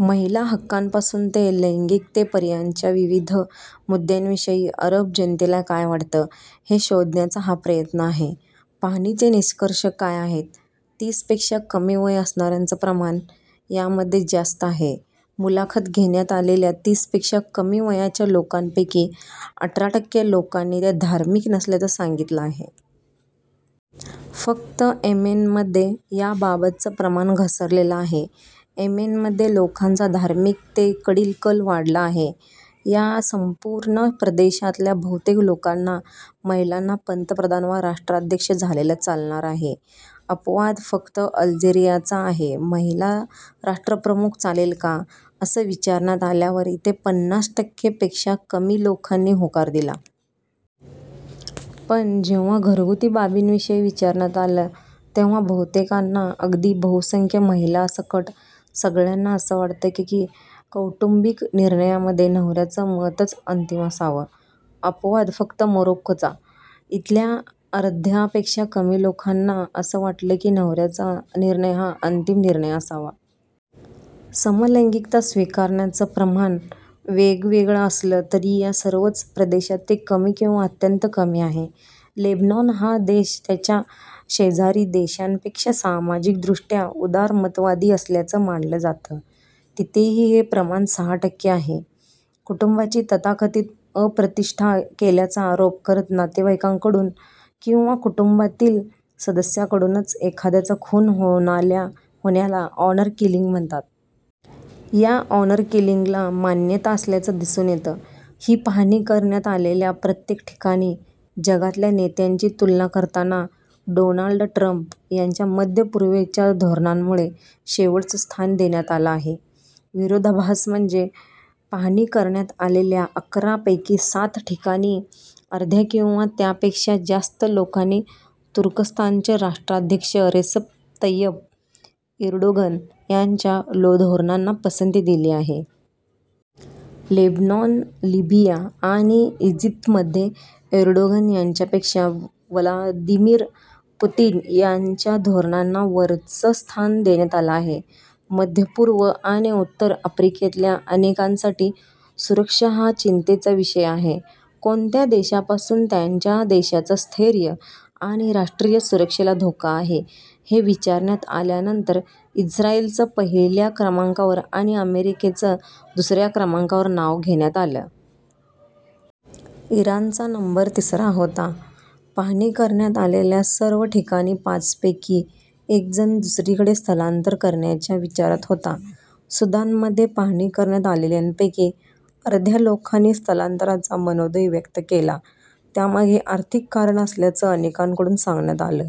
महिला हक्कांपासून ते लैंगिकतेपर्यंतच्या विविध मुद्द्यांविषयी अरब जनतेला काय वाटतं हे शोधण्याचा हा प्रयत्न आहे. पाहणीचे निष्कर्ष काय आहेत? तीसपेक्षा कमी वय असणाऱ्यांचं प्रमाण यामध्ये जास्त आहे. मुलाखत घेण्यात आलेल्या तीस पेक्षा कमी वयाच्या लोकांपैकी अठरा टक्के लोकांनी ते धार्मिक नसल्याचं सांगितलं आहे. फक्त येमेनमध्ये याबाबतचं प्रमाण घसरलेलं आहे. येमेनमध्ये लोकांचा धार्मिकतेकडील कल वाढला आहे. या संपूर्ण प्रदेशातल्या बहुतेक लोकांना महिलांना पंतप्रधान वा राष्ट्राध्यक्ष झालेलं चालणार आहे. अपवाद फक्त अल्जिरियाचा आहे. महिला राष्ट्रप्रमुख चालेल का? असं विचारण्यात आल्यावर इथे पन्नास टक्के पेक्षा कमी लोकांनी होकार दिला. पण जेव्हा घरगुती बाबींविषयी विचारण्यात आलं तेव्हा बहुतेकांना अगदी बहुसंख्य महिलांसकट सगळ्यांना असं वाटतं की कौटुंबिक निर्णयामध्ये नवऱ्याचं मतच अंतिम असावं. अपवाद फक्त मोरक्कोचा. इथल्या अर्ध्यापेक्षा कमी लोकांना असं वाटलं की नवऱ्याचा निर्णय हा अंतिम निर्णय असावा. समलैंगिकता स्वीकारण्याचं प्रमाण वेगवेगळं असलं तरी या सर्वच प्रदेशात ते कमी किंवा अत्यंत कमी आहे. लेबनॉन हा देश त्याच्या शेजारी देशांपेक्षा सामाजिकदृष्ट्या उदारमतवादी असल्याचं मानलं जातं. तिथेही हे प्रमाण सहा टक्के आहे. कुटुंबाची तथाकथित अप्रतिष्ठा केल्याचा आरोप करत नातेवाईकाकडून किंवा कुटुंबातील सदस्याकडूनच एखाद्याचा खून होण्याला ऑनर किलिंग म्हणतात. या ऑनर किलिंगला मान्यता असल्याचं दिसून येतं. ही पाहणी करण्यात आलेल्या प्रत्येक ठिकाणी जगातल्या नेत्यांची तुलना करताना डोनाल्ड ट्रंप यांच्या मध्य-पूर्वेच्या धोरणांमुळे शेवटचं स्थान देण्यात आलं आहे. विरोधाभास म्हणजे पाहणी करण्यात आलेल्या अकरा पैकी सात ठिकाणी अर्ध्या किंवा त्यापेक्षा जास्त लोकांनी तुर्कस्तानचे राष्ट्राध्यक्ष रेसप तय्यप एर्डोगन यांच्या धोरणांना पसंती दिली आहे. लेबनॉन, लिबिया आणि इजिप्तमध्ये एर्डोगन यांच्यापेक्षा व्लादिमिर पुतीन यांच्या धोरणांना वरचं स्थान देण्यात आलं आहे. मध्य-पूर्व आणि उत्तर आफ्रिकेतल्या अनेकांसाठी सुरक्षा हा चिंतेचा विषय आहे. कोणत्या देशापासून त्यांच्या देशाचं स्थैर्य आणि राष्ट्रीय सुरक्षेला धोका आहे हे विचारण्यात आल्यानंतर इस्रायलचं पहिल्या क्रमाकांवर आणि अमेरिकेचं दुसऱ्या क्रमांकावर नाव घेण्यात आलं. इराणचा नंबर तिसरा होता. पाहणी करण्यात आलेल्या सर्व ठिकाणी पाचपैकी एक जण दुसरीकडे स्थलांतर करण्याच्या विचारात होता. सुदानमध्ये पाहणी करण्यात आलेल्यांपैकी अर्ध्या लोकांनी स्थलांतराचा मनोदय व्यक्त केला. त्यामागे आर्थिक कारणं असल्याचं अनेकांकडून सांगण्यात आलं.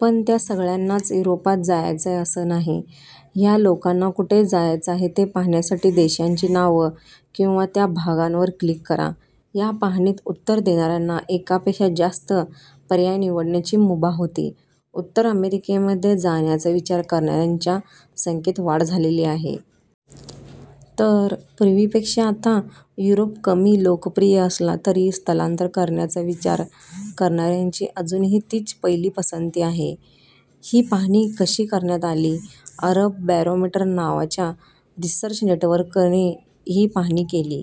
पण त्या सगळ्यांनाच युरोपात जायचंय, असं नाही या लोकांना कुठे जायचं आहे ते पाहण्यासाठी देशांची नावं किंवा त्या भागांवर क्लिक करा. या पाहणीत उत्तरं देणाऱ्यांना एकापेक्षा जास्त पर्याय निवडण्याची मुभा होती. उत्तर अमेरिकेमध्ये जाण्याचा विचार करणाऱ्यांच्या संख्येत वाढ झालेली आहे. तर पूर्वीपेक्षा आता युरोप कमी लोकप्रिय असला तरी स्थलांतर करण्याचा विचार करणाऱ्यांची अजूनही तीच पहिली पसंती आहे. ही पाहणी कशी करण्यात आली? अरब बॅरोमीटर नावाच्या रिसर्च नेटवर्कने ही पाहणी केली.